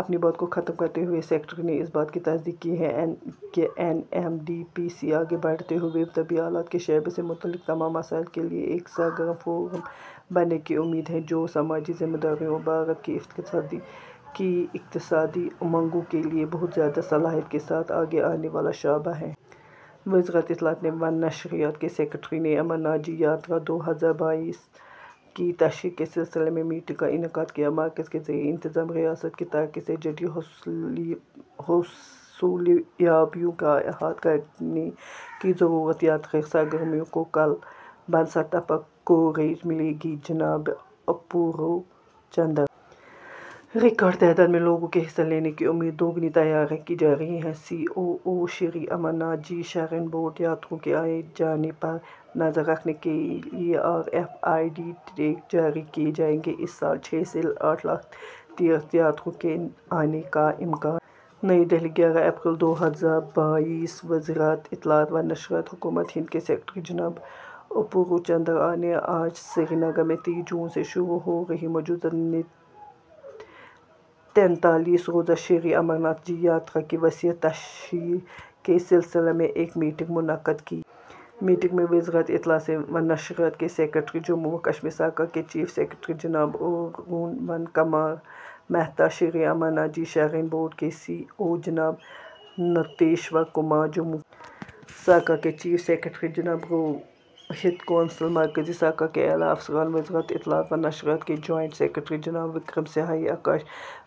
اپنی بات کو ختم کرتے ہوئے سیکریٹری نے اس بات کی تصدیق کی کہ N M D P C, آگے بڑھتے ہوئے، طبی آلات کے شعبے سے متعلق تمام مسائل کے لیے ایک سرگرم فورم بننے کی امید ہے، جو سماجی ذمہ داریوں اور بھارت کی اقتصادی کی اقتصادی امنگوں کے لیے بہت زیادہ صلاحیت کے ساتھ آگے آنے والا شعبہ ہے۔ وزارت اطلاعات و نشریات کے سیکریٹری نے امرناتھ جی یاترا دو ہزار بائیس کی تشہیر کے سلسلے میں میٹنگ کا انعقاد کیا۔ مرکز کے زیر انتظام ریاست کی ترقی سے جڑی حصولیابیوں کا احاطہ کرنے کی ضرورت، یاترا سرگرمیوں کو کل ہند سطح پر کوریج ملے گی: جناب اپورو چندر۔ ریکارڈ تعداد میں لوگوں کے حصہ لینے کی امید، دوگنی تیاریاں کی جا رہی ہیں: C E O, Shri Amarnath ji shrine board. یاتریوں کے آنے جانے پر نظر رکھنے کے لیے R F I D tag جاری کیے جائیں گے، اس سال چھ سے آٹھ لاکھ تیرتھ یاتریوں کے آنے کا امکان۔ نئی دہلی: گیارہ اپریل دو ہزار بائیس: وزارت اطلاعات و نشریات، حکومت ہند کے سیکریٹری جناب اپورو چندرا نے آج سری نگر میں تیس جون سے شروع ہو رہی مجوزہ تینتالیس روزہ شری امرناتھ جی یاترا کی وسیع تشہیر کے سلسلے میں ایک میٹنگ منعقد کی۔ میٹنگ میں وزارت اطلاعات و نشریات کے سیکریٹری، جموں و کشمیر سرکار کے چیف سیکریٹری جناب ارون کمار مہتا، شری امرناتھ جی شرائن بورڈ کے سی ای او جناب نتیشور کمار، جموں کشمیر سرکار کے چیف سیکریٹری جناب روہت کنسل، مرکزی سرکار کے اعلیٰ افسران، وزارت اطلاعات و نشریات کے جوائنٹ سیکریٹری جناب وکرم سہائے، آکاش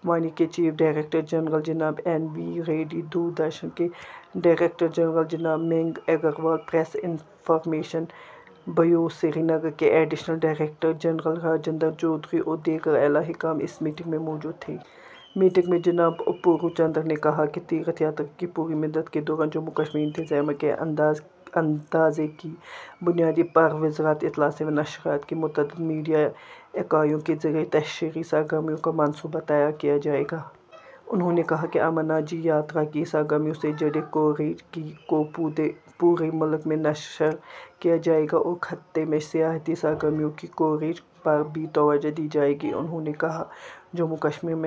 وانی کے چیف ڈائریکٹر جنرل جناب این وی ریڈی، دوردرشن کے ڈائریکٹر جنرل جناب Mayank Agarwal, press information bureau Srinagar کے additional director general Rajendra Chaudhary اور دیگر اعلیٰ حکام اس میٹنگ میں موجود تھے۔ میٹنگ میں جناب اپورو چندر نے کہا کہ تیرتھ یاترا کی پوری مدت کے دوران جموں کشمیر انتظامیہ کے اندازے کی بنیاد پر وزارت اطلاعات و نشریات کی متعدد میڈیا اکائیوں کے ذریعے تشہیری سرگرمیوں کا منصوبہ تیار کیا جائے گا۔ انہوں نے کہا کہ امرناتھ جی یاترا کی سرگرمیوں سے جڑے کوریج کو پورے ملک میں نشر کیا جائے گا اور خطے میں سیاحتی سرگرمیوں کی کوریج پر بھی توجہ دی جائے گی۔ انہوں نے کہا، "جموں کشمیر میں...